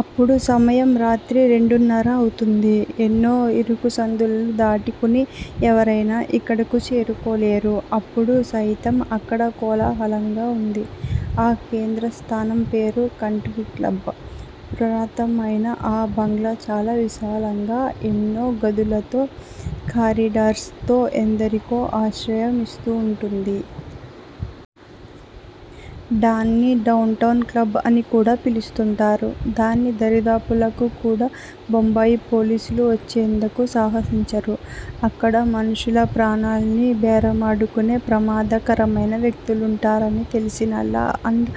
అప్పుడు సమయం రాత్రి రెండున్నర అవుతుంది. ఎన్నో ఇరుకు సందులు దాటుకొని ఎవరయినా ఇక్కడకు చేరుకోలేరు. అప్పుడు సయితం అక్కడ కోలాహలంగా ఉంది. ఆ కేంద్ర స్థానం పేరు కంట్రీ క్లబ్. పురాతనమయిన ఆ బంగ్లా చాలా విశాలంగా, ఎన్నో గదులతో, కారిడార్స్ తో ఎందరికో ఆశ్రయమిస్తూంటుంది. దాన్నే డౌన్ టౌన్ క్లబ్ అని కూడా పిలుస్తుంటారు. దాని దరిదాపులకు కూడా బొంబాయి పోలీసులు వచ్చేందుకు సాహసించరు. అక్కడ మనుషుల ప్రాణాల్ని బేరమాడుకొనే ప్రమాదకరమయిన వ్యక్తులుంటారని తెలిసినా లా అండ్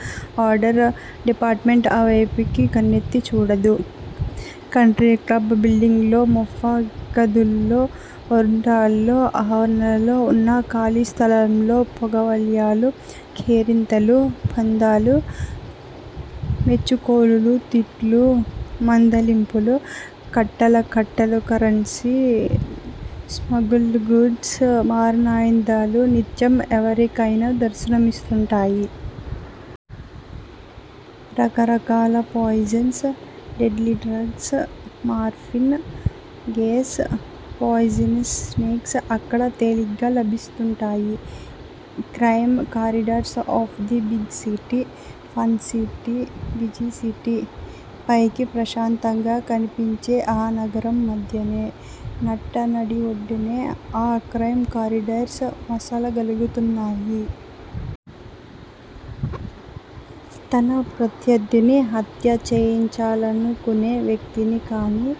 ఆర్డర్ డిపార్టుమెంట్ ఆ వేపుకి కన్నెత్తి చూడదు. కంట్రీక్లబ్ బిల్డింగ్ లో ఉన్న ముఫ్ఫాయ్ గదుల్లో, వరండాల్లో, ఆవరణలో ఉన్న ఖాళీ స్థలంలో పొగవలయాలు, కేరింతలు, పందాలు, మెచ్చుకోలులు, తిట్లు, మందలింపులు, కట్టల కట్టలు కరెన్సీ, స్మగుల్డ్ గూడ్స్, మారణాయుధాలు నిత్యం ఎవరికయినా దర్శనమిస్తుంటాయి. రకరకాల poisons, deadly drugs, morphine, gas, poisonous snakes అక్కడ తేలిగ్గా లభిస్తుంటాయి. Crime corridors of the big city- fun city- busy city- పైకి ప్రశాంతంగా కనిపించే ఆ నగరం మధ్యనే, నట్ట నడిఒడ్డునే, ఆ క్రైమ్ కారిడార్స్ మసలగలుగుతున్నాయి. తన ప్రత్యర్ధిని హత్య చేయించాలను కొనే వ్యక్తినికాని,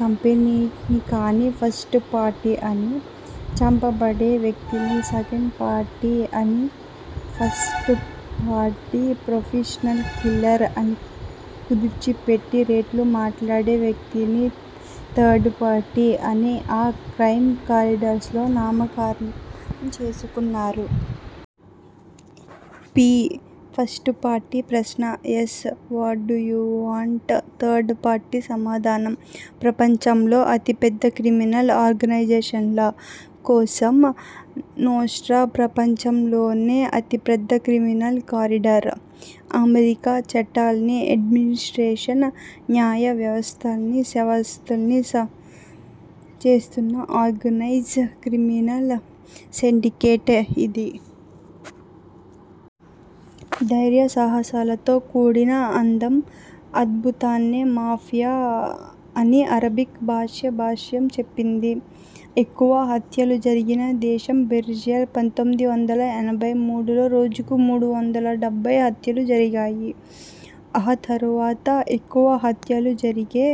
కంపెనీని కాని ఫస్ట్ పార్టీ అని, చంపబడే వ్యక్తిని సెకండ్ పార్టీ అని, ఫస్ట్ పార్టీ ప్రొఫెషనల్ కిల్లర్ ని కుదిర్చిపెట్టి రేట్లు మాట్లాడే వ్యక్తిని థర్డుపార్టీ అని ఆ క్రైమ్ కారిడార్స్ లో నామకరణం చేసుకున్నారు. పి-? ఫస్టు పార్టీ ప్రశ్న. Yes what do you want? Third party సమాధానం. ప్రపంచంలో అతి పెద్ద క్రిమినల్ ఆర్గనైజేషన్ లా-కోసా-నోస్ట్రా ప్రపంచంలోనే అతి పెద్ద క్రిమినల్ కారిడార్. అమెరికా చట్టాల్ని అడ్మినిస్ట్రేషన్, న్యాయ వ్యవస్థనే సవాల్ చేస్తున్న ఆర్గనైజ్డ్ క్రైమ్ సిండికేట్ ఇది. ధైర్య సాహసాలతో కూడిన అందం, అద్భుతాన్నే మాఫియా అని అరబిక్ భాష భాష్యం చెప్పింది. ఎక్కువ హత్యలు జరిగిన దేశం బ్రెజిల్ పంతోమిది వందల ఎనబైమూడు లో రోజుకు మూడు వందలాడెబ్భై హత్యలు జరిగాయి. ఆ తరువాత ఎక్కువ హత్యలు జరిగే